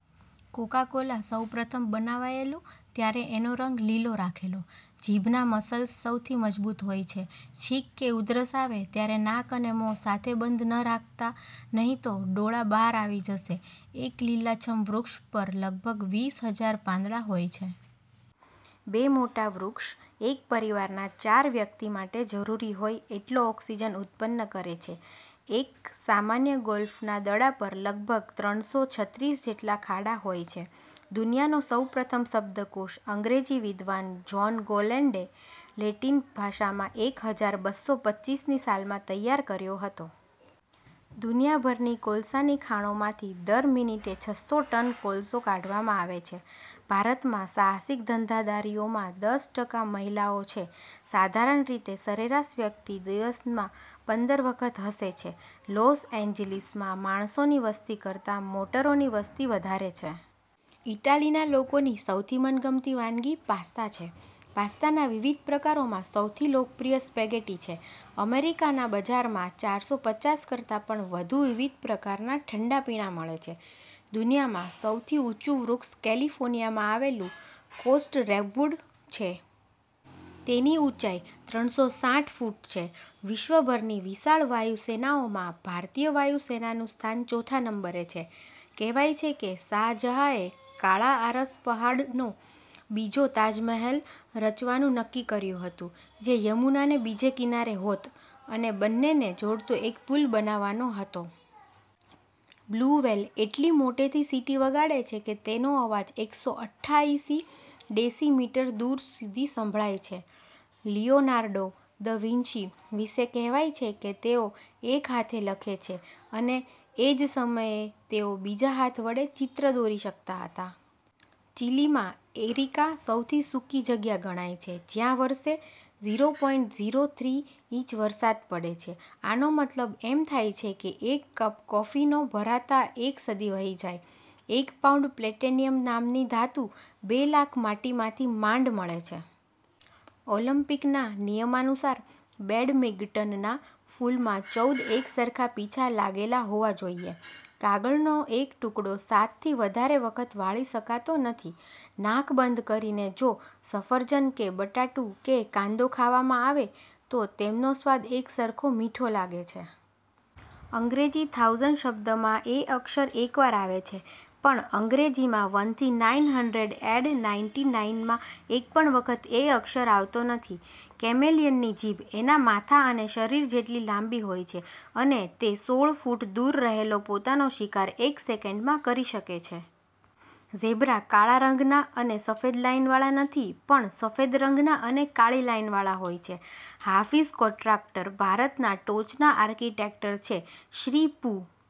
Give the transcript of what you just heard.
Coca Cola સૌપ્રથમ બનાવાયેલું ત્યારે એનો રંગ લીલો રાખેલો. જીભનાં મસલ્સ સૌથી મજબૂત હોય છે. છીંક કે ઉધરસ આવે ત્યારે નાક અને મોં સાથે બંધ ન રાખતા નહીં તો ડોળા બહાર આવી જશે. એક લીલાછમ્મ વૃક્ષ પર લગભગ વીસહજાર પાંદડાં હોય છે. બે મોટા વૃક્ષ એક પરિવારના ચાર વ્યક્તિ માટે જરૂરી હોય એટલો ઑક્સિજન ઉત્પન્ન કરે છે. એક સામાન્ય ગોલ્ફના દડા પર લગભગ ત્રણસો છત્રીસ જેટલા ખાડા હોય છે. દુનિયાનો સૌપ્રથમ શબ્દકોષ અંગ્રેજી વિદ્વાન જોન ગોલેન્ડે લેટિન ભાષામાં એક હજાર બસો પચીસ ની સાલમાં તૈયાર કર્યો હતો. દુનિયાભરની કોલસાની ખાણોમાંથી દર મિનિટે છસો ટન કોલસો કાઢવામાં આવે છે. ભારતમાં સાહસિક ધંધાદારીઓમાં દસ ટકા મહિલાઓ છે. સાધારણ રીતે સરેરાશ વ્યક્તિ દિવસમાં પંદર વખત હસે છે. લૉસ ઍજલિસમાં માણસોની વસ્તિ કરતાં મોટરોની વસ્તિ વધારે છે. ઈટાલીના લોકોની સૌથી મનગમતી વાનગી 'પાસ્તા' છે. પાસ્તાના વિવિધ પ્રકારોમાં સૌથી લોકપ્રિય સ્પગેટી છે. અમેરિકાના બજારમાં ચારસો પચાસ કરતા પણ વધુ વિવિધ પ્રકારના ઠંડા પીણા મળે છે. દુનિયામાં સૌથી ઊંચું વૃક્ષ કેલિફોર્નિયામાં આવેલું કોસ્ટ રેડ્વૂડ છે. તેની ઊંચાઈ ત્રણસો સાઠ ફૂટ છે. વિશ્વભરની વિશાળ વાયુસેનાઓમાં ભારતીય વાયુસેનાનું સ્થાન ચોથા નંબરે છે. કહેવાય છે કે શાહજહાએ કાળા આરસપહાણનો બીજો તાજ મહાલ રચવાનું નક્કી કર્યું હતું જે યમુનાને બીજે કિનારે હોત અને બંને ને જોડતો એક પુલ બનાવવાનો હતો. બ્લુ વ્હેલ એટલી મોટેથી સીટી વગાડે છે કે તેનો અવાજ એકસો અઠ્ઠયાસી ડેસી મીટર દૂર સુધી સંભળાય છે. લિયોનાર્ડો દ વિંશી વિષે કહેવાય છે કે તેઓ એક હાથે લખે છે, અને એજ સમયે તેઓ બીજા હાથ વડે ચિત્ર દોરી શકતા હતા. ચીલીમાં એરિકા સૌથી સૂકી જ્ગ્યા ગણાય છે જ્યાં વરસે zero point zero three inch વરસાદ પડે છે. આનો મતલબ એમ થાય કે એક કપ કોફીનો ભરાતા એક સદી વહી જાય. એક પાઉંડ પ્લેટિનમ નામની ધાતુ બે લાખ માટીમાંથી માંડ મળે છે. ઑલંપિકના નિયમાનુસાર બેડમિગ્ટનના ફૂલમાં ચૌદ એક સરખા પીંછા લાગેલા હોવા જોઈએ. કાગળનો એક ટુકડો સાત થી વધારે વખત વાળી શકાતો નથી. નાક બંધ કરીને જો સફરજન કે બટાટું કે કાંદો ખાવામાં આવે તો તેમનો સ્વાદ એકસરખો મીઠો લાગે છે. અંગ્રેજી થાઉસંડ શબ્દમાં એ અક્ષર એક વાર આવે છે પણ અંગ્રેજીમાં વનથી નાઈન હડ્રેડ એંડ નાઈટી નાઈનમાં એકપણ વખત એ અક્ષર આવતો નથી. કેમેલિયનની જીભ એના માથા અને શરીર જેટલી લાંબી હોય છે અને તે સોળ ફૂટ દૂર રહેલો પોતાનો શિકાર એક સેકંડમાં કરી શકે છે. ઝેબ્રા કાળા રંગના અને સફેદ લાઈનવાળા નથી પણ સફેદ રંગના અને કાળી લાઈનવાળા હોય છે. હાફીઝ કૉટ્રાક્ટર ભારતનાં ટોચના આર્કિટેક્ટ છે. શ્રી પુ.